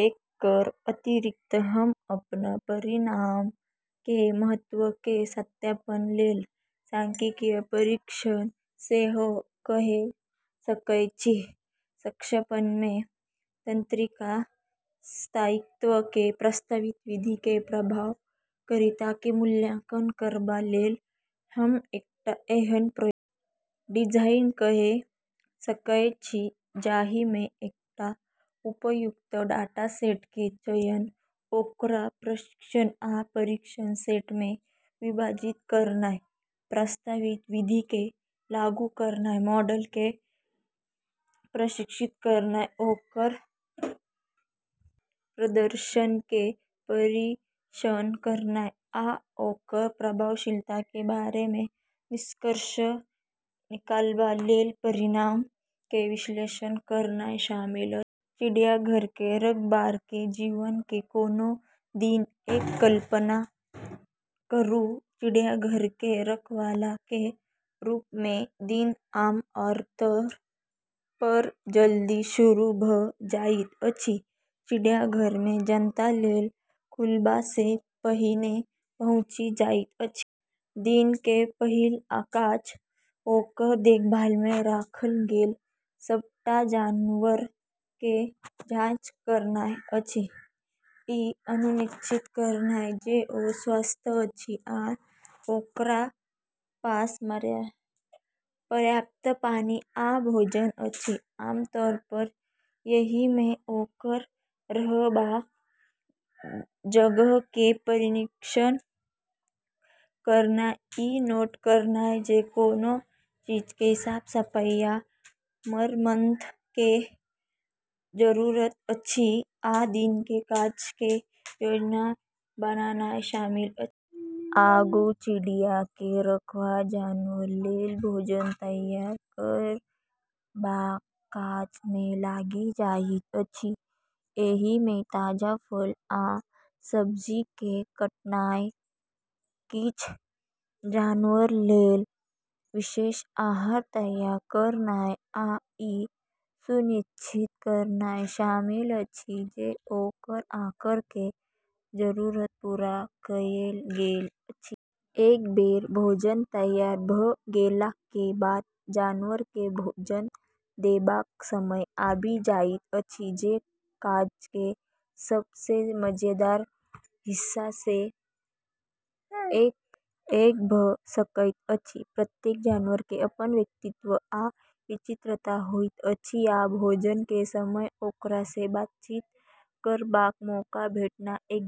एकर अतिरिक्त, हम अपन परिणाम के महत्व के सत्यापन लेल सांख्यिकीय परीक्षण सेहो कए सकैत छी। संक्षेप मे, तंत्रिका स्थायित्व के प्रस्तावित विधि के प्रभावकारिता के मूल्यांकन करबा लेल, हम एकटा एहन प्रयोग डिजाइन कए सकैत छी जाहि मे एकटा उपयुक्त डाटासेट के चयन, ओकरा प्रशिक्षण आ परीक्षण सेट मे विभाजित करनाय, प्रस्तावित विधि के लागू करनाय, मॉडल के प्रशिक्षित करनाय, ओकर प्रदर्शन के परीक्षण करनाय, आ ओकर प्रभावशीलता के बारे मे निष्कर्ष निकालबा लेल परिणाम के विश्लेषण करनाय शामिल अछि। चिड़ियाघर के रखबार के जीवन के कोनो दिन के कल्पना करू। चिड़ियाघर के रखवाला के रूप मे दिन आम तौर पर जल्दी शुरू भ जाइत अछि, चिड़ियाघर मे जनता लेल खुलबा सँ पहिने पहुँचि जाइत अछि। दिन के पहिल काज ओकर देखभाल मे राखल गेल सबटा जानवर के जाँच करनाय अछि, ई सुनिश्चित करनाय जे ओ स्वस्थ अछि आ ओकरा पास पर्याप्त पानी आ भोजन अछि। आम तौर पर एहि मे ओकर रहबाक जगह के निरीक्षण करनाय, ई नोट करनाय जे कोनो चीज के साफ-सफाई या मरम्मत के जरूरत अछि, आ दिन के काज के योजना बनानाय शामिल अछि। आगू चिड़ियाघर के रखवार जानवर लेल भोजन तैयार करबाक काज मे लागि जाइत अछि। एहि मे ताजा फल आ सब्जी के काटनाय, किछ जानवर लेल विशेष आहार तैयार करनाय आ ई सुनिश्चित करनाय शामिल अछि जे ओकर आहार के जरूरत पूरा कएल गेल अछि। एक बेर भोजन तैयार भ गेलाक के बाद जानवर के भोजन देबाक समय आबि जाइत अछि, जे काज के सब सँ मजेदार हिस्सा मे सँ एक भ सकैत अछि। प्रत्येक जानवर के अपन व्यक्तित्व आ विचित्रता होइत अछि, आ भोजन के समय ओकरा सँ बातचीत करबाक मौका भेटनाय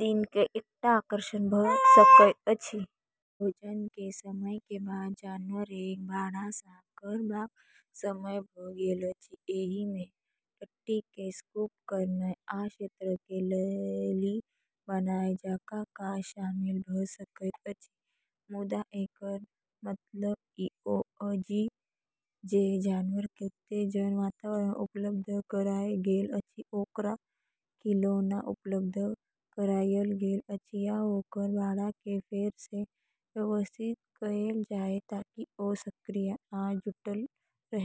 दिन के एकटा आकर्षण भ सकैत अछि। भोजन के समय के बाद जानवर के बाड़ा साफ करबाक समय भ गेल अछि। एहि मे टट्टी के स्कूप करनाय आ क्षेत्र के नली बनानाय जकां काज शामिल भ सकैत अछि, मुदा एकर मतलब ईहो अछि जे जानवर के उत्तेजक वातावरण उपलब्ध करायल गेल अछि, ओकरा खिलौना उपलब्ध करायल गेल अछि या ओकर बाड़ा के फेर सँ व्यवस्थित कएल जाए ताकि ओ सक्रिय आ जुटल रहए।